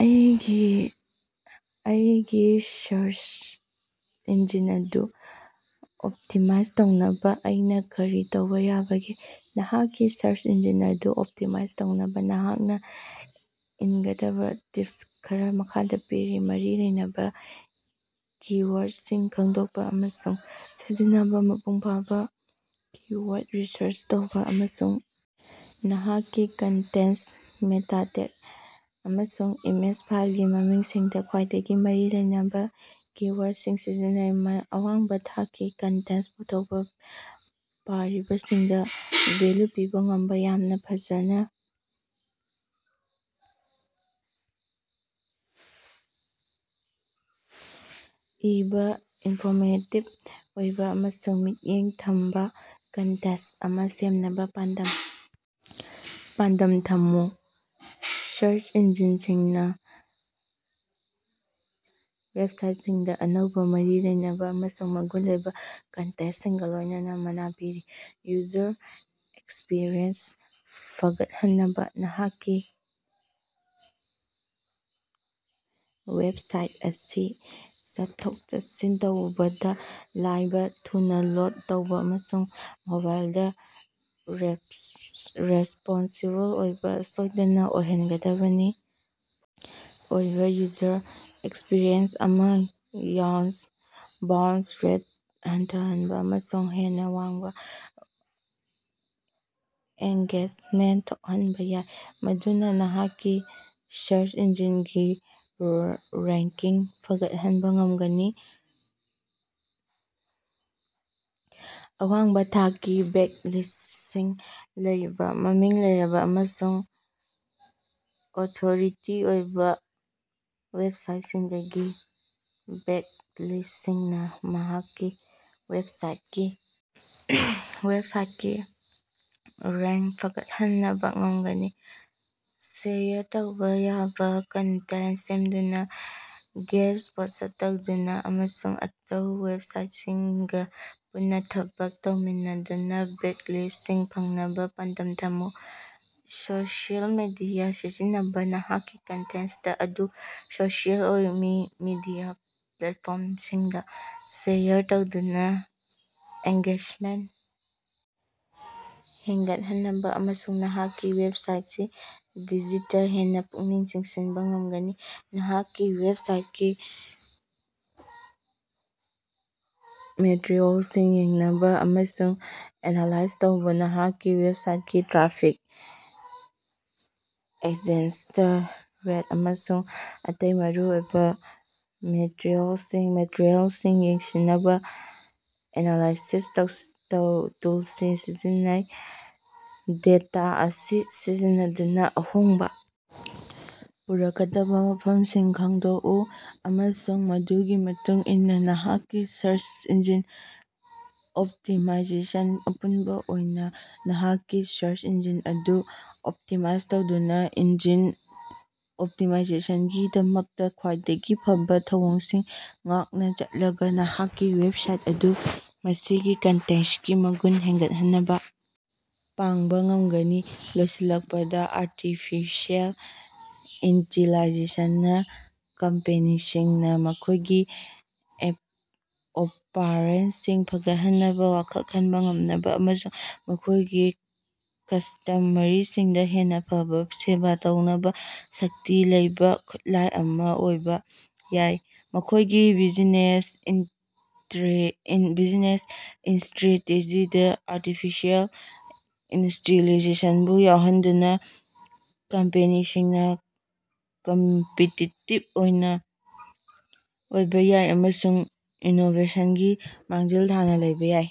ꯑꯩꯒꯤ search engine ꯑꯗꯨ optimise ꯇꯧꯅꯕꯥ ꯑꯩꯅꯥ ꯀꯔꯤ ꯇꯧꯕꯥ ꯌꯥꯕꯒꯦ? ꯅꯍꯥꯛꯀꯤ ꯁꯔꯆ ꯏꯟꯖꯤꯟ ꯑꯗꯨ ꯑꯣꯞꯇꯤꯃꯥꯏꯖ ꯇꯧꯅꯕꯥ ꯅꯍꯥꯛꯅꯥ ꯏꯟꯒꯗꯕꯥ ꯇꯤꯞꯁ ꯈꯔꯥ ꯃꯈꯥꯗꯥ ꯄꯤꯔꯤ: ꯃꯔꯤ ꯂꯩꯅꯕꯥ ꯀꯤ-ꯋꯥꯔꯗꯁꯤꯡ ꯈꯪꯗꯣꯛꯄꯥ ꯑꯃꯁꯨꯡ ꯁꯤꯖꯤꯟꯅꯕꯥ: ꯃꯄꯨꯡꯐꯥꯕꯥ ꯀꯤ-ꯋꯥꯔꯗ ꯔꯤꯁꯔꯆ ꯇꯧꯕꯥ ꯑꯃꯁꯨꯡ ꯅꯍꯥꯛꯀꯤ ꯀꯟꯇꯦꯟꯇ, ꯃꯦꯇꯥ ꯇꯦꯒ, ꯑꯃꯁꯨꯡ ꯏꯃꯦꯖ ꯐꯥꯏꯜꯒꯤ ꯃꯃꯤꯡꯁꯤꯡꯗꯥ ꯈ꯭ꯋꯥꯏꯗꯒꯤ ꯃꯔꯤ ꯂꯩꯅꯕꯥ ꯀꯤ-ꯋꯥꯔꯗꯁꯤꯡ ꯁꯤꯖꯤꯟꯅꯧ꯫ ꯑꯋꯥꯡꯕꯥ ꯊꯥꯛꯀꯤ ꯀꯟꯇꯦꯟꯇ ꯄꯨꯊꯣꯛꯄꯥ: ꯄꯥꯔꯤꯕꯁꯤꯡꯗꯥ ꯚꯦꯜꯌꯨ ꯄꯤꯕꯥ ꯉꯝꯕꯥ ꯌꯥꯝꯅꯥ ꯐꯖꯅꯥ ꯏꯕꯥ, ꯏꯟꯐꯣꯔꯃꯦꯇꯤꯕ ꯑꯣꯏꯕꯥ ꯑꯃꯁꯨꯡ ꯃꯤꯠꯌꯦꯡ ꯊꯝꯕꯥ ꯀꯟꯇꯦꯟꯇ ꯑꯃꯥ ꯁꯦꯝꯅꯕꯥ ꯄꯥꯟꯗꯝ ꯊꯝꯃꯨ꯫ ꯁꯔꯆ ꯏꯟꯖꯤꯟꯁꯤꯡꯅꯥ ꯋꯦꯕꯁꯥꯏꯠꯁꯤꯡꯗꯥ ꯑꯅꯧꯕꯥ, ꯃꯔꯤ ꯂꯩꯅꯕꯥ ꯑꯃꯁꯨꯡ ꯃꯒꯨꯟ ꯂꯩꯕꯥ ꯀꯟꯇꯦꯟꯇꯁꯤꯡꯒꯥ ꯂꯣꯏꯅꯅꯥ ꯃꯅꯥ ꯄꯤꯔꯤ꯫ ꯌꯨꯖꯔ ꯑꯦꯛꯁꯄꯤꯔꯤꯑꯦꯟꯁ ꯐꯒꯠꯍꯟꯅꯕꯥ: ꯅꯍꯥꯛꯀꯤ ꯋꯦꯕꯁꯥꯏꯠ ꯑꯁꯤ ꯆꯠꯊꯣꯛ-ꯆꯠꯁꯤꯟ ꯇꯧꯕꯗꯥ ꯂꯥꯏꯕꯥ, ꯊꯨꯅꯥ ꯂꯣꯗ ꯇꯧꯕꯥ ꯑꯃꯁꯨꯡ ꯃꯣꯕꯥꯏꯜꯗꯥ ꯔꯦꯁꯄꯣꯟꯁꯤꯕꯜ ꯑꯣꯏꯕꯥ ꯁꯣꯏꯗꯅꯥ ꯑꯣꯏꯍꯟꯒꯗꯕꯅꯤ꯫ ꯄꯣꯖꯤꯇꯤꯚ ꯑꯣꯏꯕꯥ ꯌꯨꯖꯔ ꯑꯦꯛꯁꯄꯤꯔꯤꯑꯦꯟꯁ ꯑꯃꯅꯥ ꯕꯥꯎꯟꯁ ꯔꯦꯠ ꯍꯟꯊꯍꯟꯕꯥ ꯑꯃꯁꯨꯡ ꯍꯦꯟꯅꯥ ꯋꯥꯡꯕꯥ ꯑꯦꯡꯒꯦꯖꯃꯦꯟꯇ ꯊꯣꯛꯍꯟꯕꯥ ꯌꯥꯏ, ꯃꯗꯨꯅꯥ ꯅꯍꯥꯛꯀꯤ ꯁꯔꯆ ꯏꯟꯖꯤꯟꯒꯤ ꯔꯦꯡꯀꯤꯡ ꯐꯒꯠꯍꯟꯕꯥ ꯉꯝꯒꯅꯤ꯫ ꯑꯋꯥꯡꯕꯥ ꯊꯥꯛꯀꯤ ꯕꯦꯛꯂꯤꯡꯀꯁꯤꯡ ꯂꯧꯕꯥ: ꯃꯃꯤꯡ ꯂꯩꯔꯕꯥ ꯑꯃꯁꯨꯡ ꯑꯣꯊꯣꯔꯤꯇꯤ ꯑꯣꯏꯕꯥ ꯋꯦꯕꯁꯥꯏꯇꯁꯤꯡꯗꯒꯤ ꯕꯦꯛꯂꯤꯡꯀꯁꯤꯡꯅꯥ ꯅꯍꯥꯛꯀꯤ ꯋꯦꯕꯁꯥꯏꯇꯀꯤ ꯔꯦꯡ ꯐꯒꯠꯍꯟꯕꯥ ꯉꯝꯒꯅꯤ꯫ ꯁꯦꯌꯔ ꯇꯧꯕꯥ ꯌꯥꯕꯥ ꯀꯟꯇꯦꯟꯇ ꯁꯦꯝꯗꯨꯅꯥ, ꯒꯦꯁ ꯄꯣꯁ꯭ꯠ ꯇꯧꯗꯨꯅꯥ, ꯑꯃꯁꯨꯡ ꯑꯇꯩ ꯋꯦꯕꯁꯥꯏꯇꯁꯤꯡꯒꯥ ꯄꯨꯟꯅꯥ ꯊꯕꯛ ꯇꯧꯃꯤꯟꯅꯗꯨꯅꯥ ꯕꯦꯛꯂꯤꯡꯀꯁꯤꯡ ꯐꯪꯅꯕꯥ ꯄꯥꯟꯗꯝ ꯊꯝꯃꯨ꯫ ꯁꯣꯁꯤꯑꯦꯜ ꯃꯤꯗꯤꯌꯥ ꯁꯤꯖꯤꯟꯅꯕꯥ: ꯅꯍꯥꯛꯀꯤ ꯀꯟꯇꯦꯟꯇ ꯑꯗꯨ ꯁꯣꯁꯤꯑꯦꯜ ꯃꯤꯗꯤꯌꯥ ꯄ꯭ꯂꯦꯠꯐꯣꯔꯃꯁꯤꯡꯗꯥ ꯁꯦꯌꯔ ꯇꯧꯗꯨꯅꯥ ꯑꯦꯡꯒꯦꯖꯃꯦꯟꯇ ꯍꯦꯟꯒꯠꯍꯟꯅꯕꯥ ꯑꯃꯁꯨꯡ ꯅꯍꯥꯛꯀꯤ ꯋꯦꯕꯁꯥꯏꯇꯇꯥ ꯚꯤꯖꯤꯇꯔ ꯍꯦꯟꯅꯥ ꯄꯨꯛꯅꯤꯡ ꯆꯤꯡꯁꯤꯟꯕꯥ ꯉꯝꯒꯅꯤ꯫ ꯅꯍꯥꯛꯀꯤ ꯋꯦꯕꯁꯥꯏꯇꯀꯤ ꯃꯦꯇꯔꯤꯑꯦꯜꯁꯤꯡ ꯌꯦꯡꯁꯤꯟꯕꯥ ꯑꯃꯁꯨꯡ ꯑꯦꯅꯥꯂꯥꯏꯖ ꯇꯧꯕꯥ ꯅꯍꯥꯛꯀꯤ ꯋꯦꯕꯁꯥꯏꯇꯀꯤ ꯇ꯭ꯔꯥꯐꯤꯛ, ꯑꯦꯡꯒꯦꯖꯃꯦꯟꯇ ꯔꯦꯠ, ꯑꯃꯁꯨꯡ ꯑꯇꯩ ꯃꯔꯨꯑꯣꯏꯕꯥ ꯃꯦꯇꯔꯤꯑꯦꯜꯁꯤꯡ ꯌꯦꯡꯁꯤꯟꯅꯕꯥ ꯑꯦꯅꯥꯂꯥꯏꯇꯤꯛꯁ ꯇꯨꯜꯁꯤꯡ ꯁꯤꯖꯤꯟꯅꯧ꯫ ꯗꯦꯇꯥ ꯑꯁꯤ ꯁꯤꯖꯤꯟꯅꯗꯨꯅꯥ ꯑꯍꯣꯡꯕꯥ ꯄꯨꯔꯛꯀꯗꯕꯥ ꯃꯐꯝꯁꯤꯡ ꯈꯪꯗꯣꯛꯎ ꯑꯃꯁꯨꯡ ꯃꯗꯨꯒꯤ ꯃꯇꯨꯡ ꯏꯟꯅꯥ ꯅꯍꯥꯛꯀꯤ ꯁꯔꯁ ꯏꯟꯖꯤꯟ ꯑꯣꯞꯇꯤꯃꯥꯏꯖꯦꯁꯟ ꯑꯄꯨꯟꯕꯥ ꯑꯣꯏꯅꯥ, ꯅꯍꯥꯛꯀꯤ ꯁꯔꯆ ꯏꯟꯖꯤꯟ ꯑꯗꯨ ꯑꯣꯞꯇꯤꯃꯥꯏꯖ ꯇꯧꯕꯗꯥ ꯏꯟꯖꯤꯟ ꯑꯣꯞꯇꯤꯃꯥꯏꯖꯦꯁꯟꯒꯤꯗꯃꯛꯇꯥ ꯈ꯭ꯋꯥꯏꯗꯒꯤ ꯐꯕꯥ ꯊꯧꯑꯣꯡꯁꯤꯡ ꯉꯥꯛꯅꯥ ꯆꯠꯂꯒꯥ ꯅꯍꯥꯛꯀꯤ ꯋꯦꯕꯁꯥꯏꯠ ꯑꯃꯁꯨꯡ ꯃꯁꯤꯒꯤ ꯀꯟꯇꯦꯟꯇꯀꯤ ꯃꯒꯨꯟ ꯍꯦꯟꯒꯠꯍꯟꯅꯕꯥ ꯄꯥꯡꯕꯥ ꯉꯝꯒꯅꯤ꯫ ꯂꯣꯏꯁꯤꯜꯂꯛꯄꯗꯥ ꯑꯥꯔꯇꯤꯐꯤꯁꯤꯑꯦꯜ ꯏꯟꯇꯤꯂꯤꯖꯦꯟꯁꯅꯥ ꯀꯝꯄꯦꯅꯤꯁꯤꯡꯅꯥ ꯃꯈꯣꯏꯒꯤ ꯑꯣꯄꯥꯔꯦꯁꯟꯁꯤꯡ ꯐꯒꯠꯍꯟꯅꯕꯥ, ꯋꯥꯈꯜ ꯈꯟꯕꯥ ꯉꯝꯅꯕꯥ ꯑꯃꯁꯨꯡ ꯃꯈꯣꯏꯒꯤ ꯀꯁꯇꯝꯃꯔꯁꯤꯡꯗꯥ ꯍꯦꯟꯅꯥ ꯐꯕꯥ ꯁꯦꯕꯥ ꯇꯧꯅꯕꯥ ꯁꯛꯇꯤ ꯂꯩꯕꯥ ꯈꯨꯠꯂꯥꯏ ꯑꯃꯥ ꯑꯣꯏꯕꯥ ꯌꯥꯏ꯫ ꯃꯈꯣꯏꯒꯤ ꯕꯤꯖꯤꯅꯦꯁ ꯏꯁꯇ꯭ꯔꯦꯇꯦꯖꯤꯗꯥ ꯑꯥꯔꯇꯤꯐꯤꯁꯤꯑꯦꯜ ꯏꯟꯇꯤꯂꯤꯖꯦꯟꯁꯕꯨ ꯌꯥꯎꯍꯟꯗꯨꯅꯥ ꯀꯝꯄꯦꯅꯤꯁꯤꯡꯅꯥ ꯀꯝꯄꯤꯇꯤꯇꯤꯕ ꯑꯣꯏꯕꯥ ꯌꯥꯏ ꯑꯃꯁꯨꯡ ꯏꯅꯣꯕꯦꯁꯟꯒꯤ ꯃꯥꯡꯖꯤꯜ ꯊꯥꯅꯥ ꯂꯩꯕꯥ ꯌꯥꯏ꯫